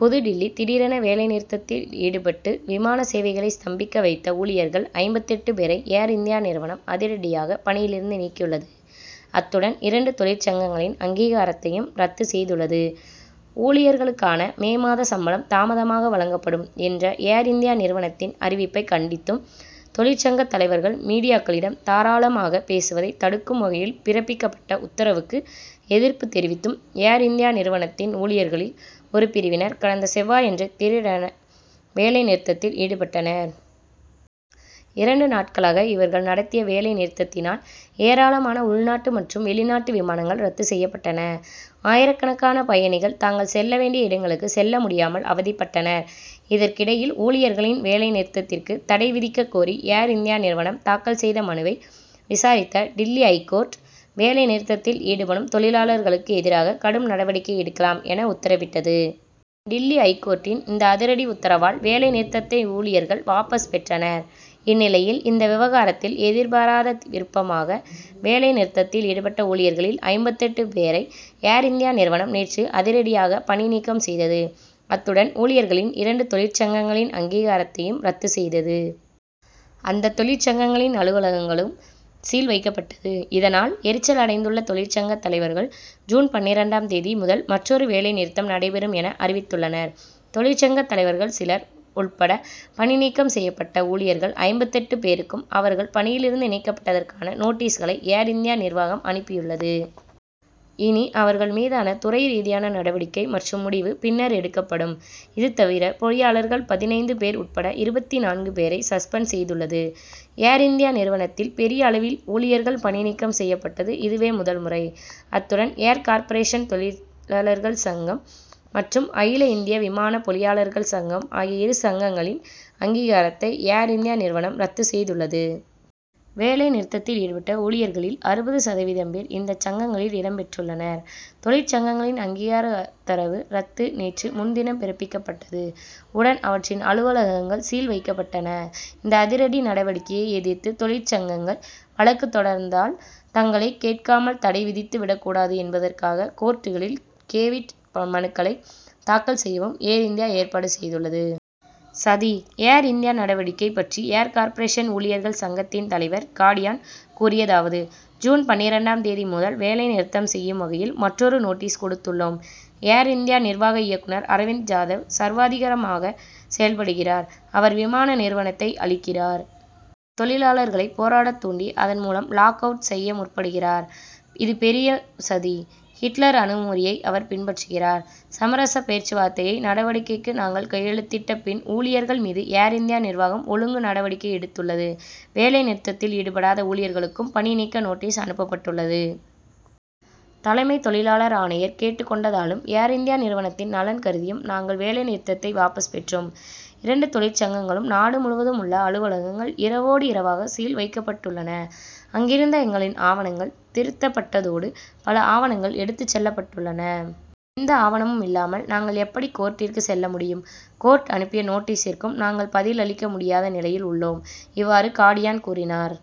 புதுடில்லி திடீரென வேலை நிறுத்தத்தில் ஈடுபட்டு விமான சேவைகளை ஸ்தம்பிக்க வைத்த ஊழியர்கள் ஐம்பத்தெட்டு பேரை, ஏர்-இந்தியா நிறுவனம் அதிரடியாக பணியிலிருந்து நீக்கியுள்ளது. அத்துடன் இரண்டு தொழிற் சங்கங்களின் அங்கீகாரத்தையும் ரத்து செய்துள்ளது. "ஊழியர்களுக்கான மே மாத சம்பளம் தாமதமாக வழங்கப்படும்' என்ற ஏர்-இந்தியா நிறுவனத்தின் அறிவிப்பை கண்டித்தும், தொழிற்சங்கத் தலைவர்கள் மீடியாக்களிடம் தாராளமாக பேசுவதை தடுக்கும் வகையில் பிறப்பிக்கப்பட்ட உத்தரவுக்கு எதிர்ப்பு தெரிவித்தும், ஏர் இந்தியா நிறுவனத்தின் ஊழியர்களில் ஒரு பிரிவினர் கடந்த செவ்வாயன்று திடீரென வேலை நிறுத்தத்தில் ஈடுபட்டனர். இரண்டு நாட்களாக இவர்கள் நடத்திய வேலை நிறுத்தத்தினால், ஏராளமான உள்நாட்டு மற்றும் வெளிநாட்டு விமானங்கள் ரத்து செய்யப்பட்டன. ஆயிரக்கணக்கான பயணிகள் தாங்கள் செல்ல வேண்டிய இடங்களுக்கு செல்ல முடியாமல் அவதிப்பட்டனர். இதற்கிடையில், ஊழியர்களின் வேலை நிறுத்தத்திற்கு தடை விதிக்கக் கோரி, ஏர் இந்தியா நிறுவனம் தாக்கல் செய்த மனுவை விசாரித்த டில்லி ஐகோர்ட், வேலை நிறுத்தத்தில் ஈடுபடும் தொழிலாளர்களுக்கு எதிராக கடும் நடவடிக்கை எடுக்கலாம் என, உத்தரவிட்டது. டில்லி ஐகோர்ட்டின் இந்த அதிரடி உத்தரவால், வேலை நிறுத்தத்தை ஊழியர்கள் வாபஸ் பெற்றனர். இந்நிலையில், இந்த விவகாரத்தில் எதிர்பாராத திருப்பமாக, வேலை நிறுத்தத்தில் ஈடுபட்ட ஊழியர்களில் ஐம்பத்தெட்டு பேரை ஏர் இந்தியா நிறுவனம் நேற்று அதிரடியாக பணி நீக்கம் செய்தது. அத்துடன் ஊழியர்களின் இரண்டு தொழிற்சங்கங்களின் அங்கீகாரத்தையும் ரத்து செய்தது. அந்தத் தொழிற்சங்கங்களின் அலுவலகங்களுக்கும் சீல் வைக்கப்பட்டது. இதனால், எரிச்சல் அடைந்துள்ள தொழிற்சங்கத் தலைவர்கள், ஜூன் பன்னிரண்டாம் தேதி முதல் மற்றொரு வேலை நிறுத்தம் நடைபெறும் என, அறிவித்துள்ளனர். தொழிற்சங்கத் தலைவர்கள் சிலர் உட்பட பணி நீக்கம் செய்யப்பட்ட ஊழியர்கள் ஐம்பத்தெட்டு பேருக்கும், அவர்கள் பணியிலிருந்து நீக்கப்பட்டதற்கான நோட்டீஸ்களை ஏர் இந்தியா நிர்வாகம் அனுப்பியுள்ளது. இனி அவர்கள் மீதான துறைரீதியான நடவடிக்கை மற்றும் முடிவு பின்னர் எடுக்கப்படும். இதுதவிர பொறியாளர்கள் பதினைந்து பேர் உட்பட இருபத்து நான்கு பேரை சஸ்பெண்ட் செய்துள்ளது. ஏர் இந்தியா நிறுவனத்தில் பெரிய அளவில் ஊழியர்கள் பணிநீக்கம் செய்யப்பட்டது இதுவே முதல் முறை. அத்துடன் ஏர் கார்ப்பரேஷன் தொழிலாளர்கள் சங்கம் மற்றும் அகில இந்திய விமான பொறியாளர்கள் சங்கம் ஆகிய இரு சங்கங்களின் அங்கீகாரத்தையும் ஏர்- இந்தியா நிறுவனம் ரத்து செய்துள்ளது. வேலை நிறுத்தத்தில் ஈடுபட்ட ஊழியர்களில் அறுபது சதவீதம் பேர் இந்தச் சங்கங்களில் இடம் பெற்றுள்ளனர். தொழிற்சங்கங்களின் அங்கீகார உத்தரவு ரத்து நேற்று முன்தினம் பிறப்பிக்கப்பட்டது. உடன் அவற்றின் அலுவலகங்கள் சீல் வைக்கப்பட்டன. இந்த அதிரடி நடவடிக்கையை எதிர்த்து தொழிற்சங்கங்கள் வழக்கு தொடர்ந் தால், தங்களை கேட்காமல் தடை விதித்து விடக்கூடாது என்பதற்காக, கோர்ட்டுகளில் கேவிட் மனுக்களை தாக்கல் செய்யவும் ஏர் இந்தியா ஏற்பாடு செய்துள்ளது. சதி: ஏர் இந்தியா நடவடிக்கை பற்றி ஏர் கார்ப்பரேஷன் ஊழியர்கள் சங்கத்தின் தலைவர் காடியான் கூறியதாவது: ஜூன் பன்னிரண்டாம் தேதி முதல் வேலை நிறுத்தம் செய்யும் வகையில், மற்றொரு நோட்டீஸ் கொடுத்துள்ளோம். ஏர் இந்தியா நிர்வாக இயக்குனர் அரவிந்த் ஜாதவ், சர்வாதிகாரமாக செயல்படுகிறார். அவர் விமான நிறுவனத்தை அழிக்கிறார். தொழிலாளர்களை போராடத் தூண்டி, அதன் மூலம் லாக்- அவுட் செய்ய முற்படுகிறார். இதுபெரிய சதி. ஹிட்லர் அணுகுமுறையை அவர் பின்பற்றுகிறார். சமரச பேச்சுவார்த்தை நடவடிக்கைக்கு நாங்கள் கையெழுத்திட்ட பின், ஊழியர்கள் மீது ஏர் இந்தியா நிர்வாகம் ஒழுங்கு நடவடிக்கை எடுத்துள்ளது. வேலை நிறுத்தத்தில் ஈடுபடாத ஊழியர்களுக்கும் பணி நீக்க நோட்டீஸ் அனுப்பப்பட்டுள்ளது. தலைமை தொழிலாளர் ஆணையர் கேட்டுக் கொண்டதாலும், ஏர் இந்தியா நிறுவனத்தின் நலன் கருதியும் நாங்கள் வேலை நிறுத்தத்தை வாபஸ் பெற்றோம். இரண்டு தொழிற்சங்கங்களுக்கும் நாடு முழுவதும் உள்ள அலுவலகங்கள் இரவோடு இரவாக "சீல்' வைக்கப்பட்டுள்ளன. அங்கிருந்த எங்களின் ஆவணங்கள் திருத்தப்பட்டதோடு, பல ஆணவங்கள் எடுத்துச் செல்லப்பட்டுள்ளன. எந்த ஆவணமும் இல்லாமல், நாங்கள் எப்படி கோர்ட்டிற்கு செல்ல முடியும். கோர்ட் அனுப்பிய நோட்டீசிற்கும் நாங்கள் பதில் அளிக்க முடியாத நிலையில் உள்ளோம். இவ்வாறு காடியான் கூறினார்.